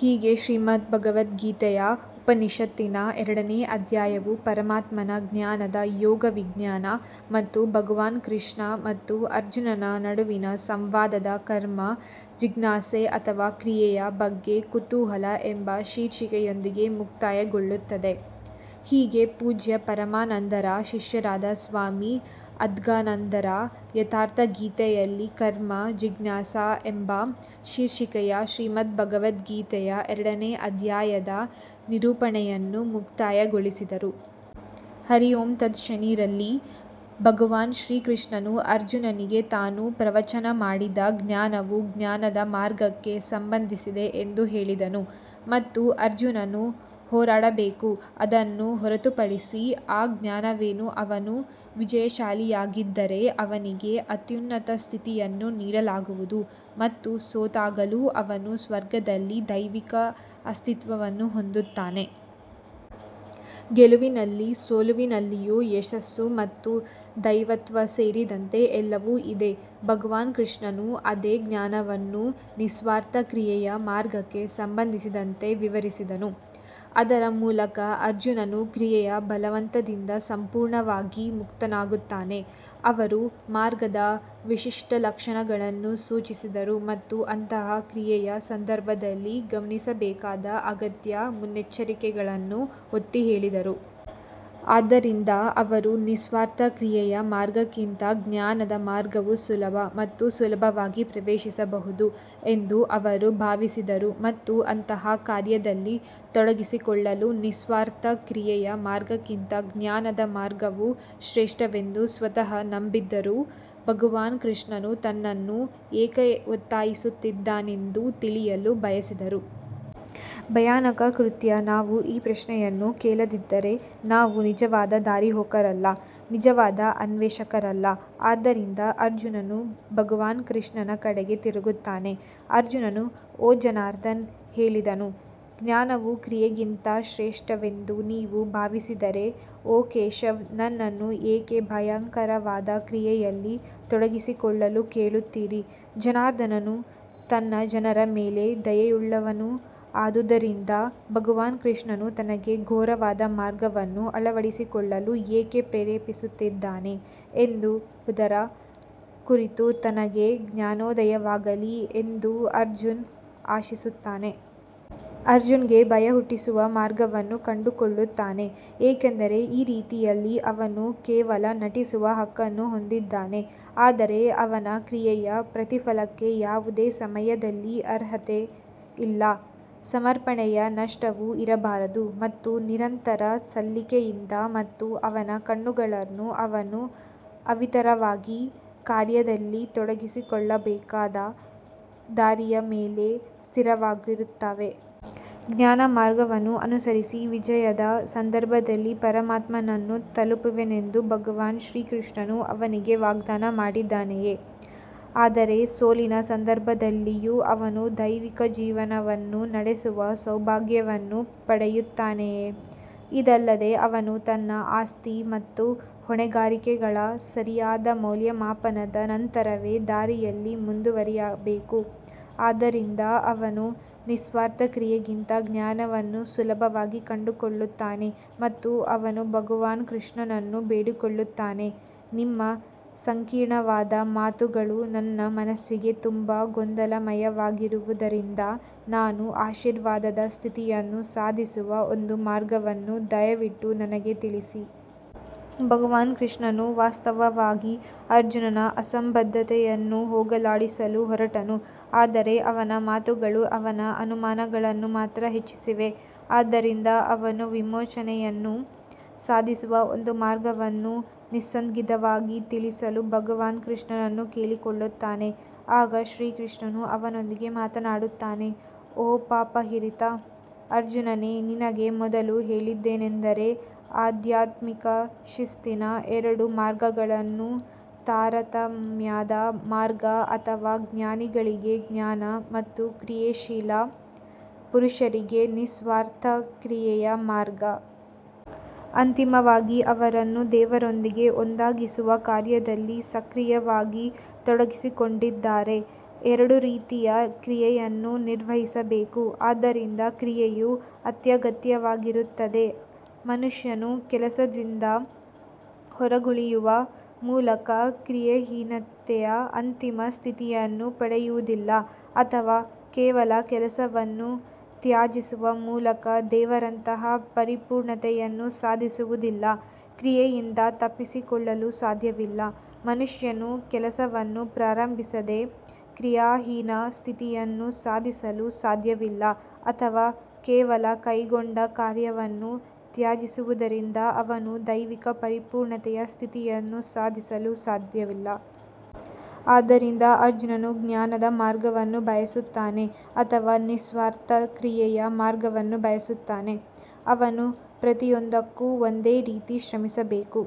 ಹೀಗೆ ಶ್ರೀಮದ್ಭಗವದ್ಗೀತೆಯ ಉಪನಿಷತ್ತಿನ ಎರಡನೇ ಅಧ್ಯಾಯವು ಪರಮಾತ್ಮನ ಜ್ಞಾನದ ಯೋಗ ವಿಜ್ಞಾನ ಮತ್ತು ಭಗವಾನ್ ಕೃಷ್ಣ ಮತ್ತು ಅರ್ಜುನನ ನಡುವಿನ ಸಂವಾದದ ಕರ್ಮ ಜಿಜ್ಞಾಸೆ ಅಥವಾ ಕ್ರಿಯೆಯ ಬಗ್ಗೆ ಕುತೂಹಲ ಎಂಬ ಶೀರ್ಷಿಕೆಯೊಂದಿಗೆ ಮುಕ್ತಾಯಗೊಳ್ಳುತ್ತದೆ. ಹೀಗೆ ಪೂಜ್ಯ ಪರಮಾನಂದರ ಶಿಷ್ಯರಾದ ಸ್ವಾಮಿ ಅದ್ಗದಾನಂದರು ಯಥಾರ್ಥಗೀತೆಯಲ್ಲಿ ಕರ್ಮ ಜಿಜ್ಞಾಸ ಎಂಬ ಶೀರ್ಷಿಕೆಯ ಶ್ರೀಮದ್ಭಗವದ್ಗೀತೆಯ ಎರಡನೇ ಅಧ್ಯಾಯದ ನಿರೂಪಣೆಯನ್ನು ಮುಕ್ತಾಯಗೊಳಿಸಿದರು. ಹರಿ ಓಂ ತತ್ ಶನಿ ರಲ್ಲಿ ಭಗವಾನ್ ಶ್ರೀಕೃಷ್ಣನು ಅರ್ಜುನನಿಗೆ ತಾನು ಪ್ರವಚನ ಮಾಡಿದ ಜ್ಞಾನವು ಜ್ಞಾನದ ಮಾರ್ಗಕ್ಕೆ ಸಂಬಂಧಿಸಿದೆ ಎಂದು ಹೇಳಿದನು. ಮತ್ತು ಅರ್ಜುನನು ಹೋರಾಡಬೇಕು ಎಂಬುದನ್ನು ಹೊರತುಪಡಿಸಿ ಆ ಜ್ಞಾನವೇನು ಅವನು ವಿಜಯಶಾಲಿಯಾಗಿದ್ದರೆ ಅವನಿಗೆ ಅತ್ಯುನ್ನತ ಸ್ಥಿತಿಯನ್ನು ನೀಡಲಾಗುವುದು ಮತ್ತು ಸೋತಾಗಲೂ ಅವನು ಸ್ವರ್ಗದಲ್ಲಿ ದೈವಿಕ ಅಸ್ತಿತ್ವವನ್ನು ಹೊಂದುತ್ತಾನೆ. ಗೆಲುವಿನಲ್ಲಿ ಸೋಲಿನಲ್ಲಿಯೂ ಯಶಸ್ಸು ಮತ್ತು ದೈವತ್ವ ಸೇರಿದಂತೆ ಎಲ್ಲವೂ ಇದೆ ಭಗವಾನ್ ಕೃಷ್ಣನು ಅದೇ ಜ್ಞಾನವನ್ನು ನಿಸ್ವಾರ್ಥ ಕ್ರಿಯೆಯ ಮಾರ್ಗಕ್ಕೆ ಸಂಬಂಧಿಸಿದಂತೆ ವಿವರಿಸಿದನು, ಅದರ ಮೂಲಕ ಅರ್ಜುನನು ಕ್ರಿಯೆಯ ಬಲವಂತದಿಂದ ಸಂಪೂರ್ಣವಾಗಿ ಮುಕ್ತನಾಗುತ್ತಾನೆ. ಅವರು ಮಾರ್ಗದ ವಿಶಿಷ್ಟ ಲಕ್ಷಣಗಳನ್ನು ಸೂಚಿಸಿದರು ಮತ್ತು ಅಂತಹ ಕ್ರಿಯೆಯ ಸಂದರ್ಭದಲ್ಲಿ ಗಮನಿಸಬೇಕಾದ ಅಗತ್ಯ ಮುನ್ನೆಚ್ಚರಿಕೆಗಳನ್ನು ಒತ್ತಿ ಹೇಳಿದರು. ಆದ್ದರಿಂದ ಅವರು ನಿಸ್ವಾರ್ಥ ಕ್ರಿಯೆಯ ಮಾರ್ಗಕ್ಕಿಂತ ಜ್ಞಾನದ ಮಾರ್ಗವು ಸುಲಭ ಮತ್ತು ಸುಲಭವಾಗಿ ಪ್ರವೇಶಿಸಬಹುದು ಎಂದು ಅವರು ಭಾವಿಸಿದರು ಮತ್ತು ಅಂತಹ ಕಾರ್ಯದಲ್ಲಿ ತೊಡಗಿಸಿಕೊಳ್ಳಲು ನಿಸ್ವಾರ್ಥ ಕ್ರಿಯೆಯ ಮಾರ್ಗಕ್ಕಿಂತ ಜ್ಞಾನದ ಮಾರ್ಗವು ಶ್ರೇಷ್ಠವೆಂದು ಸ್ವತಃ ನಂಬಿದ್ದರೂ ಭಗವಾನ್ ಕೃಷ್ಣನು ತನ್ನನ್ನು ಏಕೆ ಒತ್ತಾಯಿಸುತ್ತಿದ್ದಾನೆಂದು ತಿಳಿಯಲು ಬಯಸಿದನು. ಭಯಾನಕ ಕೃತ್ಯ ನಾವು ಈ ಪ್ರಶ್ನೆಯನ್ನು ಕೇಳದಿದ್ದರೆ ನಾವು ನಿಜವಾದ ದಾರಿಹೋಕರಲ್ಲ, ನಿಜವಾದ ಅನ್ವೇಷಕರಲ್ಲ ಆದ್ದರಿಂದ ಅರ್ಜುನನು ಭಗವಾನ್ ಕೃಷ್ಣನ ಕಡೆಗೆ ತಿರುಗುತ್ತಾನೆ ಅರ್ಜುನನು ಓ ಜನಾರ್ದನ್ ಹೇಳಿದನು, ಜ್ಞಾನವು ಕ್ರಿಯೆಗಿಂತ ಶ್ರೇಷ್ಠವೆಂದು ನೀವು ಭಾವಿಸಿದರೆ ಓ ಕೇಶವ್ ನನ್ನನ್ನು ಏಕೆ ಭಯಂಕರವಾದ ಕ್ರಿಯೆಯಲ್ಲಿ ತೊಡಗಿಸಿಕೊಳ್ಳಲು ಕೇಳುತ್ತೀರಿ ಜನಾರ್ದನನು ತನ್ನ ಜನರ ಮೇಲೆ ದಯೆಯುಳ್ಳವನು ಆದುದರಿಂದ ಭಗವಾನ್ ಕೃಷ್ಣನು ತನಗೆ ಘೋರವಾದ ಮಾರ್ಗವನ್ನು ಅಳವಡಿಸಿಕೊಳ್ಳಲು ಏಕೆ ಪ್ರೇರೇಪಿಸುತ್ತಿದ್ದಾನೆ ಎಂಬುದರ ಕುರಿತು ತನಗೆ ಜ್ಞಾನೋದಯವಾಗಲಿ ಎಂದು ಅರ್ಜುನ್ ಆಶಿಸುತ್ತಾನೆ. ಅರ್ಜುನ್ಗೆ ಭಯ ಹುಟ್ಟಿಸುವ ಮಾರ್ಗವನ್ನು ಕಂಡುಕೊಳ್ಳುತ್ತಾನೆ ಏಕೆಂದರೆ ಈ ರೀತಿಯಲ್ಲಿ ಅವನು ಕೇವಲ ನಟಿಸುವ ಹಕ್ಕನ್ನು ಹೊಂದಿದ್ದಾನೆ ಆದರೆ ಅವನ ಕ್ರಿಯೆಯ ಪ್ರತಿಫಲಕ್ಕೆ ಯಾವುದೇ ಸಮಯದಲ್ಲಿ ಅರ್ಹತೆ ಇಲ್ಲ. ಸಮರ್ಪಣೆಯ ನಷ್ಟವೂ ಇರಬಾರದು ಮತ್ತು ನಿರಂತರ ಸಲ್ಲಿಕೆಯಿಂದ ಮತ್ತು ಅವನ ಕಣ್ಣುಗಳು ಅವನು ಅವಿರತವಾಗಿ ಕಾರ್ಯದಲ್ಲಿ ತೊಡಗಿಸಿಕೊಳ್ಳಬೇಕಾದ ದಾರಿಯ ಮೇಲೆ ಸ್ಥಿರವಾಗಿರುತ್ತವೆ. ಜ್ಞಾನಮಾರ್ಗವನ್ನು ಅನುಸರಿಸಿ ವಿಜಯದ ಸಂದರ್ಭದಲ್ಲಿ ಪರಮಾತ್ಮನನ್ನು ತಲುಪುವೆನೆಂದು ಭಗವಾನ್ ಶ್ರೀಕೃಷ್ಣನು ಅವನಿಗೆ ವಾಗ್ದಾನ ಮಾಡಿದ್ದಾನೆಯೇ, ಆದರೆ ಸೋಲಿನ ಸಂದರ್ಭದಲ್ಲಿಯೂ ಅವನು ದೈವಿಕ ಜೀವನವನ್ನು ನಡೆಸುವ ಸೌಭಾಗ್ಯವನ್ನು ಪಡೆಯುತ್ತಾನೆಯೇ? ಇದಲ್ಲದೆ ಅವನು ತನ್ನ ಆಸ್ತಿ ಮತ್ತು ಹೊಣೆಗಾರಿಕೆಗಳ ಸರಿಯಾದ ಮೌಲ್ಯಮಾಪನದ ನಂತರವೇ ದಾರಿಯಲ್ಲಿ ಮುಂದುವರಿಯಬೇಕು ಆದ್ದರಿಂದ ಅವನು ನಿಸ್ವಾರ್ಥ ಕ್ರಿಯೆಗಿಂತ ಜ್ಞಾನವನ್ನು ಸುಲಭವಾಗಿ ಕಂಡುಕೊಳ್ಳುತ್ತಾನೆ ಮತ್ತು ಅವನು ಭಗವಾನ್ ಕೃಷ್ಣನನ್ನು ಬೇಡಿಕೊಳ್ಳುತ್ತಾನೆ ನಿಮ್ಮ ಸಂಕೀರ್ಣವಾದ ಮಾತುಗಳು ನನ್ನ ಮನಸ್ಸಿಗೆ ತುಂಬಾ ಗೊಂದಲಮಯವಾಗಿರುವುದರಿಂದ ನಾನು ಆಶೀರ್ವಾದದ ಸ್ಥಿತಿಯನ್ನು ಸಾಧಿಸುವ ಒಂದು ಮಾರ್ಗವನ್ನು ದಯವಿಟ್ಟು ನನಗೆ ತಿಳಿಸಿ. ಭಗವಾನ್ ಕೃಷ್ಣನು ವಾಸ್ತವವಾಗಿ ಅರ್ಜುನನ ಅಸಂಬದ್ಧತೆಯನ್ನು ಹೋಗಲಾಡಿಸಲು ಹೊರಟನು ಆದರೆ ಅವನ ಮಾತುಗಳು ಅವನ ಅನುಮಾನಗಳನ್ನು ಮಾತ್ರ ಹೆಚ್ಚಿಸಿವೆ. ಆದ್ದರಿಂದ ಅವನು ವಿಮೋಚನೆಯನ್ನು ಸಾಧಿಸುವ ಒಂದು ಮಾರ್ಗವನ್ನು ನಿಸ್ಸಂದಿಗ್ಧವಾಗಿ ತಿಳಿಸಲು ಭಗವಾನ್ ಕೃಷ್ಣನನ್ನು ಕೇಳಿಕೊಳ್ಳುತ್ತಾನೆ. ಆಗ ಶ್ರೀಕೃಷ್ಣನು ಅವನೊಂದಿಗೆ ಮಾತನಾಡುತ್ತಾನೆ ಓ ಪಾಪರಹಿತ ಅರ್ಜುನನೇ ನಿನಗೆ ಮೊದಲು ಹೇಳಿದ್ದೇನೆಂದರೆ ಆಧ್ಯಾತ್ಮಿಕ ಶಿಸ್ತಿನ ಎರಡು ಮಾರ್ಗಗಳು ತಾರತಮ್ಯದ ಮಾರ್ಗ ಅಥವಾ ಜ್ಞಾನಿಗಳಿಗೆ ಜ್ಞಾನ ಮತ್ತು ಕ್ರಿಯಾಶೀಲ ಪುರುಷರಿಗೆ ನಿಸ್ವಾರ್ಥ ಕ್ರಿಯೆಯ ಮಾರ್ಗ. ಅಂತಿಮವಾಗಿ ಅವರನ್ನು ದೇವರೊಂದಿಗೆ ಒಂದಾಗಿಸುವ ಕಾರ್ಯದಲ್ಲಿ ಸಕ್ರಿಯವಾಗಿ ತೊಡಗಿಸಿಕೊಂಡಿದ್ದಾರೆ ಎರಡೂ ರೀತಿಯಲ್ಲಿ ಕ್ರಿಯೆಯನ್ನು ನಿರ್ವಹಿಸಬೇಕು ಆದ್ದರಿಂದ ಕ್ರಿಯೆಯು ಅತ್ಯಗತ್ಯವಾಗಿರುತ್ತದೆ ಮನುಷ್ಯನು ಕೆಲಸದಿಂದ ಹೊರಗುಳಿಯುವ ಮೂಲಕ ಕ್ರಿಯಾಹೀನತೆಯ ಅಂತಿಮ ಸ್ಥಿತಿಯನ್ನು ಪಡೆಯುವುದಿಲ್ಲ ಅಥವಾ ಕೇವಲ ಕೆಲಸವನ್ನು ತ್ಯಜಿಸುವ ಮೂಲಕ ದೇವರಂತಹ ಪರಿಪೂರ್ಣತೆಯನ್ನು ಸಾಧಿಸುವುದಿಲ್ಲ. ಕ್ರಿಯೆಯಿಂದ ತಪ್ಪಿಸಿಕೊಳ್ಳಲು ಸಾಧ್ಯವಿಲ್ಲ ಮನುಷ್ಯನು ಕೆಲಸವನ್ನು ಪ್ರಾರಂಭಿಸದೆ ಕ್ರಿಯಾಹೀನ ಸ್ಥಿತಿಯನ್ನು ಸಾಧಿಸಲು ಸಾಧ್ಯವಿಲ್ಲ ಅಥವಾ ಕೇವಲ ಕೈಗೊಂಡ ಕಾರ್ಯವನ್ನು ತ್ಯಜಿಸುವುದರಿಂದ ಅವನು ದೈವಿಕ ಪರಿಪೂರ್ಣತೆಯ ಸ್ಥಿತಿಯನ್ನು ಸಾಧಿಸಲು ಸಾಧ್ಯವಿಲ್ಲ. ಆದ್ದರಿಂದ ಅರ್ಜುನನು ಜ್ಞಾನದ ಮಾರ್ಗವನ್ನು ಬಯಸುತ್ತಾನೆ ಅಥವಾ ನಿಸ್ವಾರ್ಥ ಕ್ರಿಯೆಯ ಮಾರ್ಗವನ್ನು ಬಯಸುತ್ತಾನೆ, ಅವನು ಪ್ರತಿಯೊಂದಕ್ಕೂ ಒಂದೇ ರೀತಿ ಶ್ರಮಿಸಬೇಕು.